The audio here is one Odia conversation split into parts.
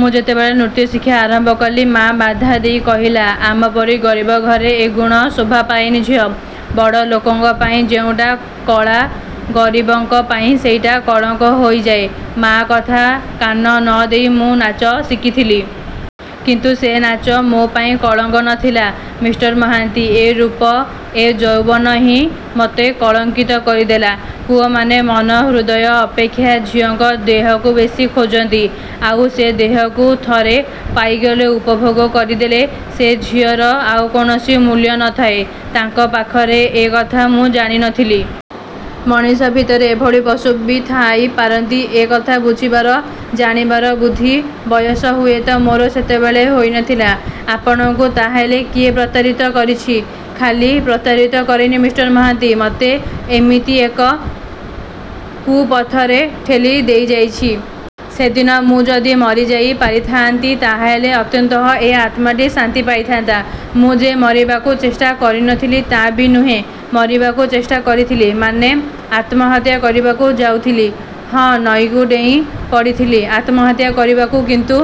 ମୁଁ ଯେତେବେଳେ ନୃତ୍ୟଶିକ୍ଷା ଆରମ୍ଭ କଲି ମାଆ ବାଧା ଦେଇ କହିଲା-ଆମପରି ଗରିବ ଘରେ ଏ ଗୁଣ ଶୋଭା ପାଏନା ଝିଅ, ବଡ଼ ଲୋକଙ୍କ ପାଇଁ ଯେଉଁଟା କଳା ଗରିବଙ୍କ ପାଇଁ ସେଇଟା କଳଙ୍କ ହୋଇଯାଏ। ମାଆ କଥାରେ କାନ ନ ଦେଇ ମୁଁ ନାଚ ଶିଖିଥିଲି। କିନ୍ତୁ ସେ ନାଚ ମୋ' ପାଇଁ କଳଙ୍କ ନ ଥିଲା ମି: ମହାନ୍ତି। ଏ ରୂପ, ଏ ଯୌବନ ହିଁ ମୋତେ କଳଙ୍କିତ କରିଦେଲା। ପୁଅମାନେ ମନ, ହୃଦୟ ଅପେକ୍ଷା ଝିଅଙ୍କ ଦେହକୁ ବେଶୀ ଖୋଜନ୍ତି ଆଉ ସେ ଦେହକୁ ଥରେ ପାଇଗଲେ-ଉପଭୋଗ କରିଦେଲେ ସେ ଝିଅର ଆଉ କୌଣସି ମୂଲ୍ୟ ନଥାଏ ତାଙ୍କ ପାଖରେ-ଏ କଥା ମୁଁ ଜାଣି ନଥିଲି। ମଣିଷ ଭିତରେ ଏଭଳି ପଶୁ ବି ଥାଇ ପାରନ୍ତି ଏ କଥା ବୁଝିବାର, ଜାଣିବାର ବୁଦ୍ଧି ବୟସ ହୁଏତ ମୋର ସେତେବେଳେ ହୋଇନଥିଲା। 'ଆପଣଙ୍କୁ ତା'ହେଲେ କିଏ ପ୍ରତାରିତ କରିଛି ' 'ଖାଲି ପ୍ରତାରିତ କରିନି ମି: ମହାନ୍ତି ମୋତେ ଏମିତି ଏକ କୁପଥରେ ଠେଲି ଦେଇଯାଇଛି। ସେଦିନ ମୁଁ ଯଦି ମାରିଯାଇ ପାରିଥାନ୍ତି ତା'ହେଲେ ଅନ୍ତତଃ ଏ ଆତ୍ମାଟି ଶାନ୍ତି ପାଇଥାନ୍ତା। ମୁଁ ଯେ ମରିବାକୁ ଚେଷ୍ଟା କରିନଥିଲି ତା'ବି ନୁହେଁ। ମରିବାକୁ ଚେଷ୍ଟା କରିଥିଲେ ମାନେ ଆତ୍ମହତ୍ୟା କରିବାକୁ ଯାଉଥିଲେ? " 'ହଁ ନଈକୁ ଡେଇଁ ପଡ଼ିଥିଲି ଆତ୍ମହତ୍ୟା କରିବାକୁ କିନ୍ତୁ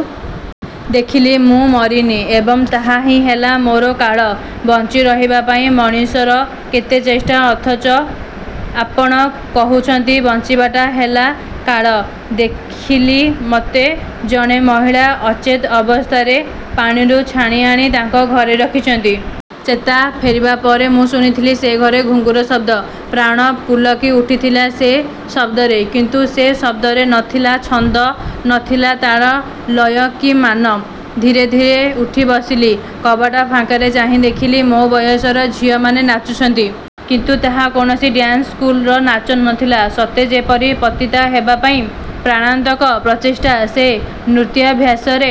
ଦେଖିଲି ମୁଁ ମରିନି ଏବଂ ତାହା ହିଁ ହେଲା ମୋର କାଳ। ' 'ବଞ୍ଚି ରହିବା ପାଇଁ ମଣିଷର କେତେ ଚେଷ୍ଟା ଅଥଚ ଆପଣ କହୁଛନ୍ତି ବଞ୍ଚିବାଟା ହେଲା କାଳ। ' ଦେଖିଲି ମୋତେ ଜଣେ ମହିଳା ଅଚେତ୍ ଅବସ୍ଥାରେ ପାଣିରୁ ଛାଣିଆଣି ତାଙ୍କ ଘରେ ରଖିଛନ୍ତି। ଚେତା ଫେରିବା ପରେ ମୁଁ ଶୁଣିଥିଲି ସେ ଘରେ ଘୁଙ୍ଗୁରର ଶବ୍ଦ। ପ୍ରାଣ ପୁଲକି ଉଠିଥିଲା ସେ ଶବ୍ଦରେ। କିନ୍ତୁ ସେ ଶବ୍ଦରେ ନ ଥିଲା ଛନ୍ଦ, ନଥିଲା ତାଳ, ଲୟ କି ମାନ। ଧୀରେ ଧୀରେ ଉଠି ବସିଲି। କବାଟ ଫାଙ୍କରେ ଚାହିଁ ଦେଖିଲି ମୋ' ବୟସର ଝିଅମାନେ ନାଚୁଛନ୍ତି। କିନ୍ତୁ ତାହା କୌଣସି। ଡାନ୍ସ ସ୍କୁଲର ନାଚ ନ ଥିଲା। ସତେ ଯେପରି ପତିତା ହେବାପାଇଁ ପ୍ରାଣାନ୍ତକ ପ୍ରଚେଷ୍ଟା ସେ ନୃତ୍ୟାଭ୍ୟାସରେ।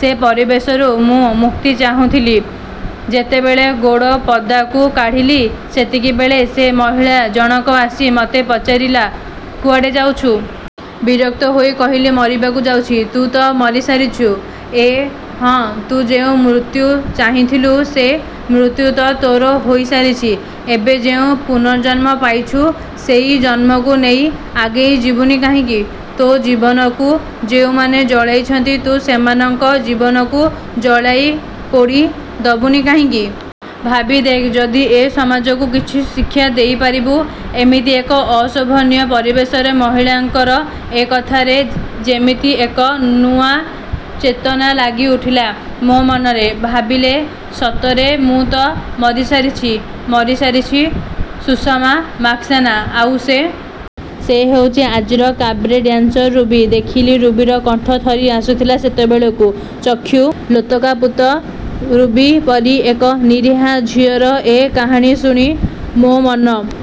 ସେ ପରିବେଶରୁ ମୁଁ ମୁକ୍ତି ଚାହୁଁଥିଲି। ଯେତେବେଳେ ଗୋଡ଼ ପଦାକୁ କାଢ଼ିଲି ସେତିକିବେଳେ ସେ ମହିଳା ଜଣକ ଆସି ମୋତେ ପଚାରିଲା-କୁଆଡ଼େ ଯାଉଛୁ? ବିରକ୍ତ ହୋଇ କହିଲି-ମରିବାକୁ ଯାଉଛି। 'ତୁ ତ ମରି ସାରିଛୁ। " 'ଏଁ ' 'ହ, ତୁ ଯେଉଁ ମୃତ୍ୟୁ ଚାହିଁଥିଲୁ ସେ ମୃତ୍ୟୁ ତ ତୋର ହୋଇ ସାରିଛି ଏବେ ଯେଉଁ ପୂର୍ନଜନ୍ମ ପାଇଛୁ ସେଇ ଜନ୍ମକୁ ନେଇ ଆଗେଇ ଯିବୁନି କାହିଁକି? ତୋ ଜୀବନକୁ ଯେଉଁମାନେ ଜଳାଇଛନ୍ତି ତୁ ସେମାନଙ୍କ ଜୀବନକୁ ଜଳାଇ ପୋଡ଼ି ଦବୁନି କାହିଁକି? ଭାବି ଦେଖ୍-ଯଦି ଏ ସମାଜକୁ କିଛି ଶିକ୍ଷା ଦେଇପାରିବୁ। ' ଏମିତି ଏକ ଅଶୋଭନୀୟ ପରିବେଶରେ ମହିଳାଙ୍କର ଏ କଥାରେ ଯେମିତି ଏକ ନୂଆ ଚେତନା ଜାଗି ଉଠିଲା ମୋ' ମନରେ। ଭାବିଲେ-ସତରେ ମୁଁ ତ ମରି ସାରିଛି। ମରି ସାରିଛି ସୁଷମା ସାକ୍ସେନା। ଆଉ ସେ ସେ ହୋଇଛି ଆଜିର କାବ୍ରେ ଡାନ୍ସର ରୁବି। ଦେଖିଲି ରୁବିର କଣ୍ଠ ଥରି ଆସୁଥିଲା ସେତେବେଳକୁ। ଚକ୍ଷୁ ଲୋତକାପ୍ଲୁତ। ରୁବି ପରି ଏକ ନିରୀହା ଝିଅର ଏ କାହାଣୀ ଶୁଣି ମୋ' ମନ